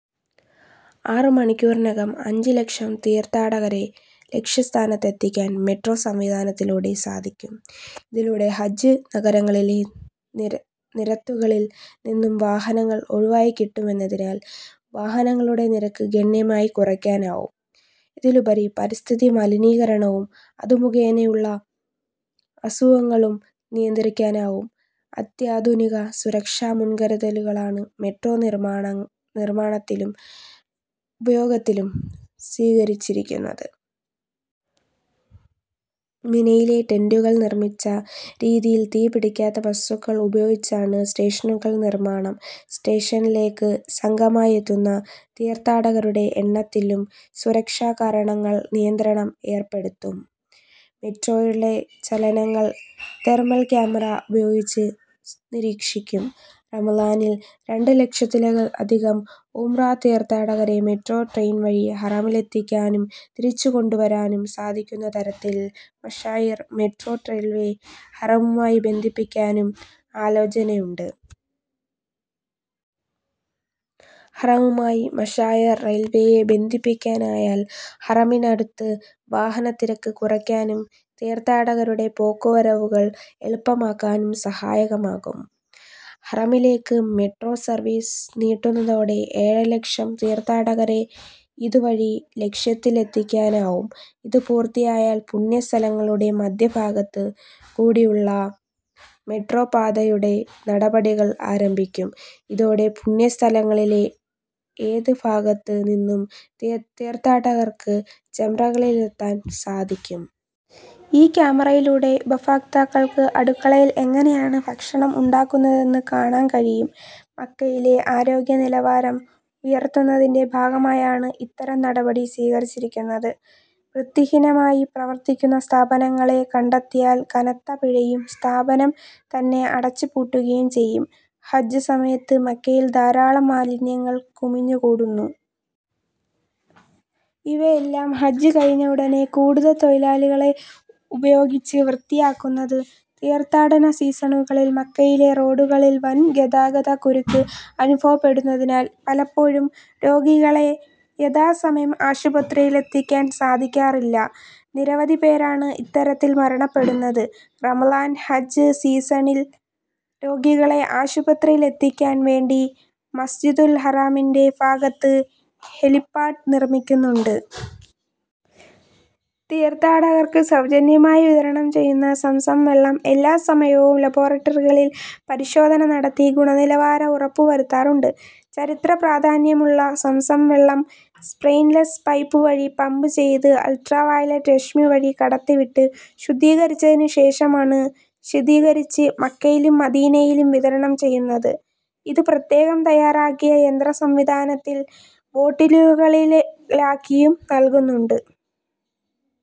ആറ് മണിക്കൂറിനകം അഞ്ച് ലക്ഷം തീർത്ഥാടകരെ ലക്ഷ്യ സ്ഥാനത്തെത്തിക്കാൻ മെട്രോ സംവിധാനത്തിലൂടെ സാധിക്കും. ഇതിലൂടെ ഹജ്ജ് നഗരങ്ങളിലെ നിരത്തുകളിൽ നിന്ന് വാഹനങ്ങൾ ഒഴിവായിക്കിട്ടുമെന്നതിനാൽ വാഹനങ്ങളുടെ നിരക്ക് ഗണ്യമായി കുറക്കാനാവും. ഇതിലുപരി പരിസ്ഥിതി മലിനീകരണവും അത് മുഖേനയുള്ള അസുഖങ്ങളും നിയന്ത്രിക്കാനുമാവും. അത്യാധുനിക സുരക്ഷാ മുൻകരുതലുകളാണ് മെട്രോ നിർമ്മാണത്തിലും ഉപയോഗത്തിലും സ്വീകരിച്ചിരിക്കുന്നത്. മിനയിലെ ടെന്റുകൾ നിർമ്മിച്ച രീതിയിൽ തീ പിടിക്കാത്ത വസ്തുക്കൾ ഉപയോഗിച്ചാണ് സ്റ്റേഷനുകളുടെ നിർമ്മാണം. സ്റ്റേഷനിലേക്ക് സംഘമായെത്തുന്ന തീർത്ഥാടകരുടെ എണ്ണത്തിലും സുരക്ഷാ കാരണങ്ങളാൽ നിയന്ത്രണം ഏർപ്പെടുത്തും. മെട്രോയുടെ ചലനങ്ങൾ തെർമൽ ക്യാമറ ഉപയോഗിച്ച് നിരീക്ഷിക്കും. റമദാനിൽ രണ്ട് ലക്ഷത്തിലധികം ഉംറ തീർഥാടകരെ മെട്രോ ട്രെയിൻ വഴി ഹറമിലത്തിക്കാനും തിരിച്ചുകൊണ്ടുവരാനും സാധിക്കുന്ന തരത്തിൽ മശാഇർ മെട്രോ റെയിൽവേയെ ഹറമുമായി ബന്ധിപ്പിക്കാനും ആലോചനയുണ്ട്. ഹറമുമായി മശാഇർ റെയിൽവേയെ ബന്ധിപ്പിക്കാനായാൽ ഹറമിനടുത്ത് വാഹന തിരക്ക് കുറക്കാനും തീർഥാടകരുടെ പോക്കുവരവുകൾ എളുപ്പമാക്കാനും സഹായകമാകും. ഹറമിലേക്ക് മെട്രോ സർവീസ് നീട്ടുന്നതോടെ ഏഴര ലക്ഷം തീർഥാടകരെ ഇതു വഴി ലക്ഷ്യത്തിലെത്തിക്കാനാവും. ഇത് പൂർത്തിയായാൽ പുണ്യ സ്ഥലങ്ങളുടെ മധ്യ ഭാഗത്ത് കൂടിയുള്ള മെട്രോപാതയുടെ നടപടികൾ ആരംഭിക്കും. ഇതോടെ പുണ്യ സ്ഥലങ്ങളിലെ ഏത് ഭാഗത്ത് നിന്നും തീർഥാടകർക്ക് ജംറകളിലത്തൊൻ സാധിക്കും. ഈ കാമറയിലൂടെ ഉപഭോക്താക്കൾക്ക് അടുക്കളയിൽ എങ്ങനെയാണ് ഭക്ഷണം ഉണ്ടാക്കുന്നതെന്ന് കാണാൻ കഴിയും. മക്കയിലെ ആരോഗ്യ നിലവാരം ഉയർത്തുന്നതിന്റെ ഭാഗമായാണ് ഇത്തരം നടപടി സ്വീകരിച്ചിരിക്കുന്നത്. വൃത്തിഹീനമായി പ്രവർത്തിക്കുന്ന സ്ഥാപനങ്ങളെ കണ്ടെത്തിയാൽ കനത്ത പിഴയും സ്ഥാപനം തന്നെ അടച്ച് പൂട്ടുകയും ചെയ്യും. ഹജ്ജ് സമയത്ത് മക്കയിൽ ധാരാളം മാലിന്യങ്ങൾ കുമിഞ്ഞു കൂടുന്നു. ഇവയെല്ലാം ഹജ്ജ് കഴിഞ്ഞ ഉടനെ കൂടുതൽ തൊഴിലാളികളെ ഉപയോഗിച്ചാണ് വൃത്തിയാക്കുന്നത്. തീർത്ഥാടന സീസണുകളിൽ മക്കയിലെ റോഡുകളിൽ വൻ ഗതാഗത കുരുക്ക് അനുഭവപ്പെടുന്നതിനാൽ പലപ്പോഴും രോഗികളെ യഥാസമയം ആശുപത്രികളിലെത്തിക്കാൻ സാധിക്കാറില്ല. നിരവധി പേരാണ് ഇത്തരത്തിൽ മരണപ്പെടുന്നത്. റമദാൻ, ഹജ്ജ് സീസണിൽ രോഗികളെ ആശുപത്രിയിലെത്തിക്കാൻ വേണ്ടി മസ്ജിദുൽ ഹറമിന്റെ ഭാഗത്ത് ഹെലിപാഡ് നിർമ്മിക്കുന്നുണ്ട്. തീർത്ഥാടകർക്ക് സൌജന്യമായി വിതരണം ചെയ്യുന്ന സംസം വെള്ളം എല്ലാ സമയവും ലാബോറട്ടറികളിൽ പരിശോധന നടത്തി ഗുണനിലവാരം ഉറപ്പ് വരുത്താറുണ്ട്. ചരിത്ര പ്രാധാന്യമുള്ള സംസം വെള്ളം സ്റെയിൻലസ് പൈപ്പ് വഴി പമ്പ് ചെയ്ത് അൾട്രാ വൈലറ്റ് രശ്മി വഴി കടത്തി വിട്ട് ശുദ്ധീകരിച്ചതിന് ശേഷമാണ് ശീതീകരിച്ച് മക്കയിലും മദീനയിലും വിതരണം ചെയ്യുന്നത്. ഇത് പ്രത്യേകം തയ്യാറാക്കിയ യന്ത്ര സംവിധാനത്തിൽ ബോട്ടിലുകളിലാക്കിയും നൽകുന്നുണ്ട്.